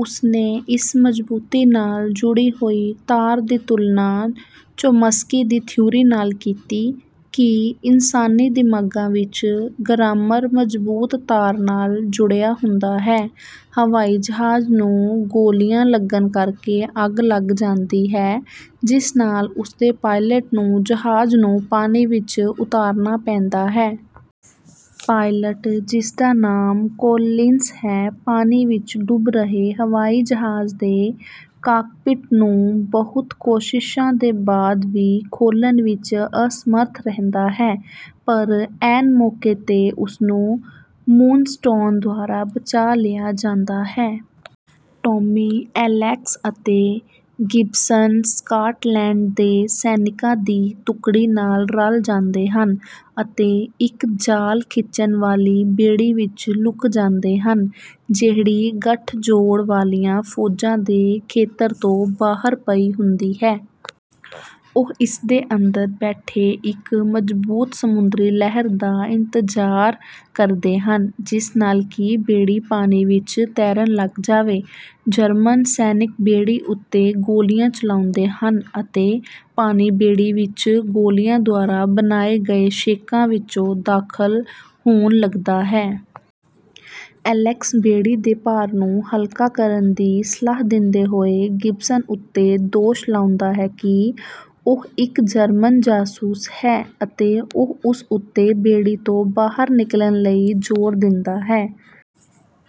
ਉਸਨੇ ਇਸ ਮਜ਼ਬੂਤੀ ਨਾਲ ਜੁੜੀ ਹੋਈ ਤਾਰ ਦੀ ਤੁਲਨਾ ਚੋਮਸਕੀ ਦੀ ਥਿਊਰੀ ਨਾਲ ਕੀਤੀ ਕਿ ਇਨਸਾਨੀ ਦਿਮਾਗਾਂ ਵਿੱਚ ਗਰਾਮਰ ਮਜ਼ਬੂਤ ਤਾਰ ਨਾਲ ਜੁੜਿਆ ਹੁੰਦਾ ਹੈ। ਹਵਾਈ ਜਹਾਜ਼ ਨੂੰ ਗੋਲੀਆਂ ਲੱਗਣ ਕਰਕੇ ਅੱਗ ਲੱਗ ਜਾਂਦੀ ਹੈ ਜਿਸ ਨਾਲ ਉਸਦੇ ਪਾਇਲਟ ਨੂੰ ਜਹਾਜ਼ ਨੂੰ ਪਾਣੀ ਵਿੱਚ ਉਤਾਰਨਾ ਪੈਂਦਾ ਹੈ। ਪਾਇਲਟ ਜਿਸਦਾ ਨਾਮ ਕੌਲਿੰਸ ਹੈ ਪਾਣੀ ਵਿੱਚ ਡੁੱਬ ਰਹੇ ਹਵਾਈ ਜਹਾਜ਼ ਦੇ ਕਾਕਪਿੱਟ ਨੂੰ ਬਹੁਤ ਕੋਸ਼ਿਸ਼ਾਂ ਦੇ ਬਾਅਦ ਵੀ ਖੋਲ੍ਹਣ ਵਿੱਚ ਅਸਮਰੱਥ ਰਹਿੰਦਾ ਹੈ ਪਰ ਐਨ ਮੌਕੇ ਤੇ ਉਸਨੂੰ ਮੂਨਸਟੋਨ ਦੁਆਰਾ ਬਚਾ ਲਿਆ ਜਾਂਦਾ ਹੈ। ਟੌਮੀ ਐਲੇਕਸ ਅਤੇ ਗਿਬਸਨ ਸਕਾਟਲੈਂਡ ਦੇ ਸੈਨਿਕਾਂ ਦੀ ਟੁਕੜੀ ਨਾਲ ਰਲ ਜਾਂਦੇ ਹਨ ਅਤੇ ਇੱਕ ਜਾਲ ਖਿੱਚਣ ਵਾਲੀ ਬੇੜੀ ਵਿੱਚ ਲੁਕ ਜਾਂਦੇ ਹਨ ਜਿਹੜੀ ਗਠਜੋੜ ਵਾਲੀਆਂ ਫੌਜਾਂ ਦੇ ਖੇਤਰ ਤੋਂ ਬਾਹਰ ਪਈ ਹੁੰਦੀ ਹੈ। ਉਹ ਇਸਦੇ ਅੰਦਰ ਬੈਠੇ ਇੱਕ ਮਜ਼ਬੂਤ ਸਮੁੰਦਰੀ ਲਹਿਰ ਦਾ ਇੰਤਜ਼ਾਰ ਕਰਦੇ ਹਨ ਜਿਸ ਨਾਲ ਕਿ ਬੇੜੀ ਪਾਣੀ ਵਿੱਚ ਤੈਰਨ ਲੱਗ ਜਾਵੇ। ਜਰਮਨ ਸੈਨਿਕ ਬੇੜੀ ਉੱਤੇ ਗੋਲੀਆਂ ਚਲਾਉਂਦੇ ਹਨ ਅਤੇ ਪਾਣੀ ਬੇੜੀ ਵਿੱਚ ਗੋਲੀਆਂ ਦੁਆਰਾ ਬਣਾਏ ਗਏ ਛੇਕਾਂ ਵਿੱਚੋਂ ਦਾਖਲ ਹੋਣ ਲੱਗਦਾ ਹੈ। ਐਲੇਕਸ ਬੇੜੀ ਦੇ ਭਾਰ ਨੂੰ ਹਲਕਾ ਕਰਨ ਦੀ ਸਲਾਹ ਦਿੰਦੇ ਹੋਏ ਗਿਬਸਨ ਉੱਤੇ ਦੋਸ਼ ਲਾਉਂਦਾ ਹੈ ਕਿ ਉਹ ਇੱਕ ਜਰਮਨ ਜਾਸੂਸ ਹੈ ਅਤੇ ਉਹ ਉਸ ਉੱਤੇ ਬੇੜੀ ਤੋਂ ਬਾਹਰ ਨਿਕਲਣ ਲਈ ਜ਼ੋਰ ਦਿੰਦਾ ਹੈ।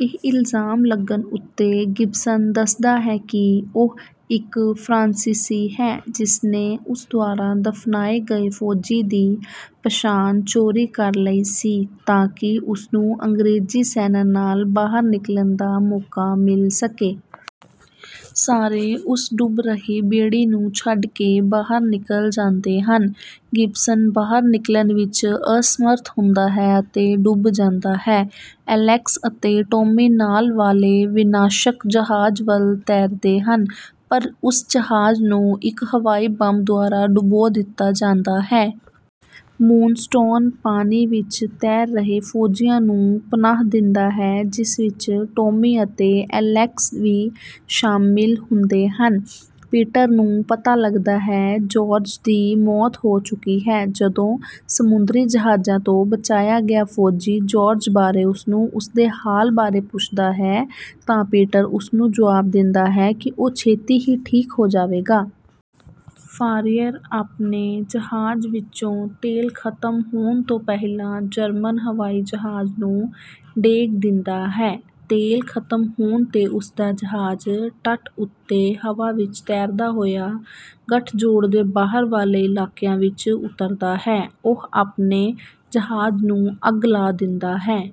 ਇਹ ਇਲਜ਼ਾਮ ਲੱਗਣ ਉੱਤੇ ਗਿਬਸਨ ਦੱਸਦਾ ਹੈ ਕਿ ਉਹ ਇੱਕ ਫਰਾਂਸੀਸੀ ਹੈ ਜਿਸਨੇ ਉਸ ਦੁਆਰਾ ਦਫਨਾਏ ਗਏ ਫੌਜੀ ਦੀ ਪਛਾਣ ਚੋਰੀ ਕਰ ਲਈ ਸੀ ਤਾਂ ਕਿ ਉਸਨੂੰ ਅੰਗਰੇਜ਼ੀ ਸੈਨਾ ਨਾਲ ਬਾਹਰ ਨਿਕਲਣ ਦਾ ਮੌਕਾ ਮਿਲ ਸਕੇ। ਸਾਰੇ ਉਸ ਡੁੱਬ ਰਹੀ ਬੇੜੀ ਨੂੰ ਛੱਡ ਕੇ ਬਾਹਰ ਨਿਕਲ ਜਾਂਦੇ ਹਨ। ਗਿਬਸਨ ਬਾਹਰ ਨਿਕਲਣ ਵਿੱਚ ਅਸਮਰੱਥ ਹੁੰਦਾ ਹੈ ਅਤੇ ਡੁੱਬ ਜਾਂਦਾ ਹੈ। ਐਲੇਕਸ ਅਤੇ ਟੌਮੀ ਨਾਲ ਵਾਲੇ ਵਿਨਾਸ਼ਕ ਜਹਾਜ਼ ਵੱਲ ਤੈਰਦੇ ਹਨ ਪਰ ਉਸ ਜਹਾਜ਼ ਨੂੰ ਇੱਕ ਹਵਾਈ ਬੰਬ ਦੁਆਰਾ ਡੁਬੋ ਦਿੱਤਾ ਜਾਂਦਾ ਹੈ। ਮੂਨਸਟੋਨ ਪਾਣੀ ਵਿੱਚ ਤੈਰ ਰਹੇ ਫੌਜੀਆਂ ਨੂੰ ਪਨਾਹ ਦਿੰਦਾ ਹੈ ਜਿਸ ਵਿੱਚ ਟੌਮੀ ਅਤੇ ਐਲੇਕਸ ਵੀ ਸ਼ਾਮਿਲ ਹੁੰਦੇ ਹਨ। ਪੀਟਰ ਨੂੰ ਪਤਾ ਲੱਗਦਾ ਹੈ ਜੌਰਜ ਦੀ ਮੌਤ ਹੋ ਚੁੱਕੀ ਹੈ ਜਦੋਂ ਸਮੁੰਦਰੀ ਜਹਾਜ਼ ਤੋਂ ਬਚਾਇਆ ਗਿਆ ਫੌਜੀ ਜੌਰਜ ਬਾਰੇ ਉਸਨੂੰ ਉਸਦੇ ਹਾਲ ਬਾਰੇ ਪੁੱਛਦਾ ਹੈ ਤਾਂ ਪੀਟਰ ਉਸਨੂੰ ਜਵਾਬ ਦਿੰਦਾ ਹੈ ਕਿ ਉਹ ਛੇਤੀ ਹੀ ਠੀਕ ਹੋ ਜਾਵੇਗਾ। ਫਾਰੀਅਰ ਆਪਣੇ ਜਹਾਜ਼ ਵਿੱਚੋਂ ਤੇਲ ਖਤਮ ਹੋਣ ਤੋਂ ਪਹਿਲਾਂ ਜਰਮਨ ਹਵਾਈ ਜਹਾਜ਼ ਨੂੰ ਡੇਗ ਦਿੰਦਾ ਹੈ। ਤੇਲ ਖਤਮ ਹੋਣ ਤੇ ਉਸਦਾ ਜਹਾਜ਼ ਤਟ ਉੱਤੇ ਹਵਾ ਵਿੱਚ ਤੈਰਦਾ ਹੋਇਆ ਗਠਜੋੜ ਦੇ ਬਾਹਰ ਵਾਲੇ ਇਲਾਕੇ ਵਿੱਚ ਉੱਤਰਦਾ ਹੈ। ਉਹ ਆਪਣੇ ਜਹਾਜ਼ ਨੂੰ ਅੱਗ ਲਾ ਦਿੰਦਾ ਹੈ